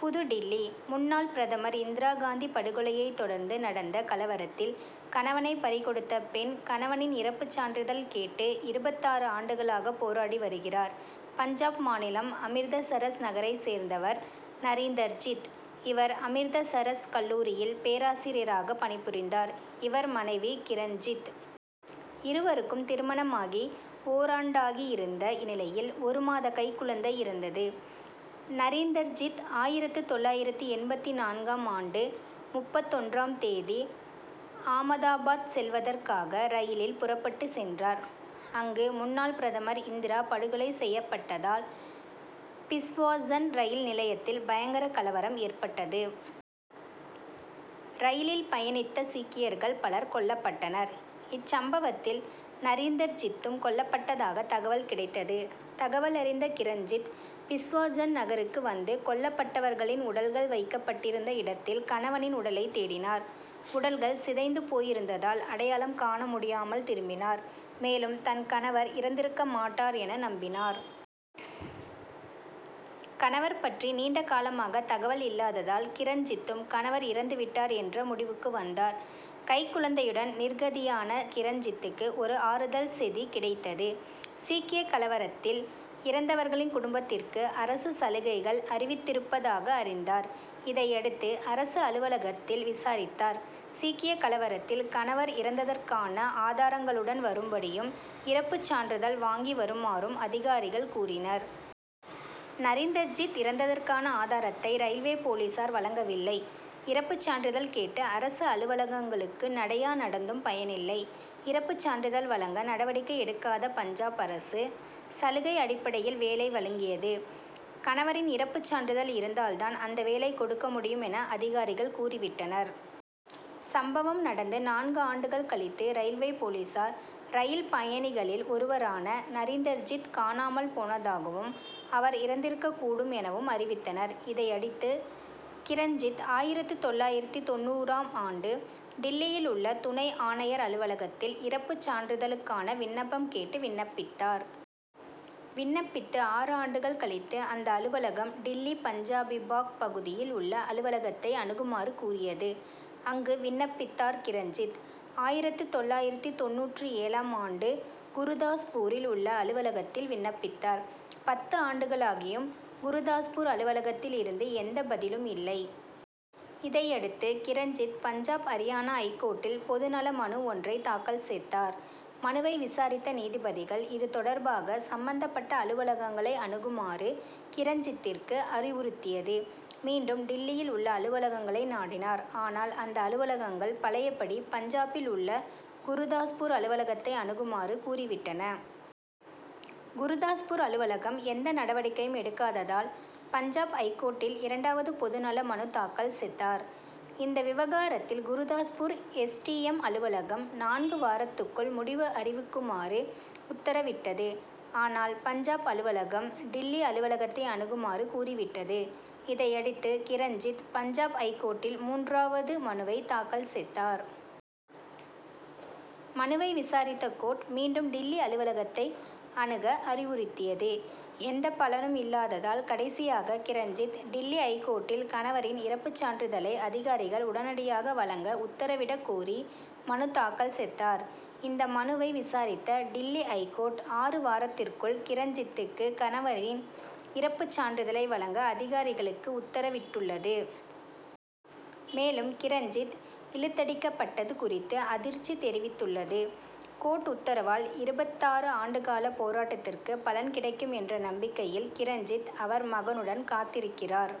புதுடில்லி:முன்னாள் பிரதமர் இந்திரா காந்தி படுகொலையை தொடர்ந்து நடந்த கலவரத்தில், கணவனை பறிகொடுத்த பெண், கணவனின் இறப்பு சான்றிதழ் கேட்டு, இருபத்தாறு ஆண்டுகளாக போராடி வருகிறார். பஞ்சாப் மாநிலம் அமிர்தசரஸ் நகரைச் சேர்ந்தவர் நரீந்தர்ஜித். இவர், அமிர்தசரஸ் கல்லூரியில் பேராசிரியராக பணிபுரிந்தார். இவர் மனைவி கிரண்ஜித். இருவருக்கும் திருமணமாகி ஓராண்டாகியிருந்த நிலையில், ஒரு மாத கைக்குழந்தை இருந்தது. நரீந்தர்ஜித், ஆயிரத்து தொள்ளாயிரத்து எண்பத்து நான்காம் ஆண்டு முப்பத்தொன்றாம் தேதி ஆமதாபாத் செல்வதற்காக, ரயிலில் புறப்பட்டுச் சென்றார். அன்று, முன்னாள் பிரதமர் இந்திரா படுகொலை செயப்பட்டதால், பிஸ்வாஜன் ரயில் நிலையத்தில் பயங்கர கலவரம் ஏற்பட்டது. ரயிலில் பயணித்த சீக்கியர்கள் பலர் கொல்லப்பட்டனர். இச்சம்பவத்தில் நரீந்தர்ஜித்தும் கொல்லப்பட்டதாக தகவல் கிடைத்தது. தகவலறிந்த கிரண்ஜித், பிஸ்வாஜன் நகருக்கு வந்து கொல்லப்பட்டவர்களின் உடல்கள் வைக்கப்பட்டிருந்த இடத்தில் கணவனின் உடலை தேடினார். உடல்கள் சிதைந்து போயிருந்ததால் அடையாளம் காண முடியாமல் திரும்பினார். மேலும், தன் கணவர் இறந்திருக்க மாட்டார் என நம்பினார். கணவர் பற்றி நீண்ட காலமாக தகவல் இல்லாததால், கிரண்ஜித்தும் கணவர் இறந்து விட்டார் என்ற முடிவுக்கு வந்தார். கைக்குழந்தையுடன் நிர்கதியான கிரண்ஜித்துக்கு, ஒரு ஆறுதல் செதி கிடைத்தது. சீக்கிய கலவரத்தில் இறந்தவர்களின் குடும்பத்திற்கு, அரசு சலுகைகள் அறிவித்திருப்பதாக அறிந்தார். இதையடுத்து அரசு அலுவலகத்தில் விசாரித்தார். சீக்கிய கலவரத்தில் கணவர் இறந்ததற்கான ஆதாரங்களுடன் வரும்படியும், இறப்பு சான்றிதழ் வாங்கி வருமாறும், அதிகாரிகள் கூறினர். நரீந்தர்ஜித் இறந்ததற்கான ஆதாரத்தை ரயில்வே போலீசார் வழங்கவில்லை. இறப்பு சான்றிதழ் கேட்டு அரசு அலுவலகங்களுக்கு, நடையா நடந்தும் பயனில்லை. இறப்பு சான்றிதழ் வழங்க நடவடிக்கை எடுக்காத பஞ்சாப் அரசு, சலுகை அடிப்படையில் வேலை வழங்கியது. கணவரின் இறப்பு சான்றிதழ் இருந்தால் தான் அந்த வேலை கொடுக்க முடியும் என, அதிகாரிகள் கூறிவிட்டனர். சம்பவம் நடந்து நான்கு ஆண்டுகள் கழித்து ரயில்வே போலீசார், ரயில் பயணிகளில் ஒருவரான நரீந்தர்ஜித் காணாமல் போனதாகவும், அவர் இறந்திருக்கக் கூடும் எனவும் அறிவித்தனர். இதையடுத்து கிரண்ஜித், ஆயிரத்து தொள்ளாயிரத்து தொண்ணூறாம் ஆண்டு டில்லியில் உள்ள துணை ஆணையர் அலுவலகத்தில் இறப்பு சான்றிதழுக்கான விண்ணப்பம் கேட்டு விண்ணப்பித்தார். விண்ணப்பித்து ஆறு ஆண்டுகள் கழித்து அந்த அலுவலகம், டில்லி பஞ்சாபிபாக் பகுதியில் உள்ள அலுவலகத்தை அணுகுமாறு கூறியது. அங்கு விண்ணப்பித்தார் கிரண்ஜித். ஆயிரத்து தொள்ளாயிரத்து தொண்ணூற்று ஏழாம் ஆண்டு, குருதாஸ்பூரில் உள்ள அலுவலகத்தில் விண்ணப்பித்தார். பத்து ஆண்டுகளாகியும் குருதாஸ்பூர் அலுவலகத்தில் இருந்து எந்த பதிலும் இல்லை. இதையடுத்து கிரண்ஜித் பஞ்சாப் அரியானா ஐகோர்ட்டில் பொதுநல மனு ஒன்றை தாக்கல் செதார். மனுவை விசாரித்த நீதிபதிகள் இது தொடர்பாக சம்பந்தப்பட்ட அலுவலகங்களை அணுகுமாறு, கிரண்ஜித்திற்கு அறிவுறுத் தியது. மீண்டும் டில்லியில் உள்ள அலுவலகங்களை நாடினார். ஆனால் அந்த அலுவலகங்கள் பழையபடி பஞ்சாபில் உள்ள குருதாஸ்பூர் அலுவலகத்தை அணுகுமாறு கூறிவிட்டன. குருதாஸ்பூர் அலுவலகம் எந்த நடவடிக்கையும் எடுக்காததால், பஞ்சாப் ஐகோர்ட்டில் இரண்டாவது பொதுநல மனு தாக்கல் செதார். இந்த விவகாரத்தில் குருதாஸ்பூர் எஸ். டி. எம்., அலுவலகம், நான்கு வாரத்திற்குள் முடிவு அறிவிக்குமாறு உத்தரவிட்டது. ஆனால், பஞ்சாப் அலுவலகம், டில்லி அலுவலகத்தை அணுகுமாறு கூறி விட்டது. இதையடுத்து, கிரண்ஜித், பஞ்சாப் ஐகோர்ட்டில் மூன்றாவது மனுவை தாக்கல் செதார். மனுவை விசாரித்த கோர்ட் மீண்டும் டில்லி அலுவலகத்தை அணுக அறிவுறுத்தியதே. எந்த பலனும் இல்லாததால் கடைசியாக கிரண்ஜித், டில்லி ஐகோர்ட்டில் கணவரின் இறப்புச் சான்றிதழை அதிகாரிகள் உடனடியாக வழங்க உத்தரவிட கோரி மனு தாக்கல் செதார். இந்த மனுவை விசாரித்த டில்லி ஐகோர்ட், ஆறு வாரத்திற்குள் கிரண்ஜித்துக்கு கணவரின் இறப்புச் சான்றிதழை வழங்க, அதிகாரிகளுக்கு உத்தரவிட்டுள்ளது. மேலும் கிரண்ஜித் இழுத்தடிக்கப்பட்டது குறித்து அதிர்ச்சி தெரிவித்துள்ளது. கோர்ட் உத்தரவால், இருபத்தாறு ஆண்டு கால போராட்டத்திற்கு பலன் கிடைக்கும் என்ற நம்பிக்கையில் கிரண்ஜித், அவர் மகனுடன் காத்திருக்கிறார்.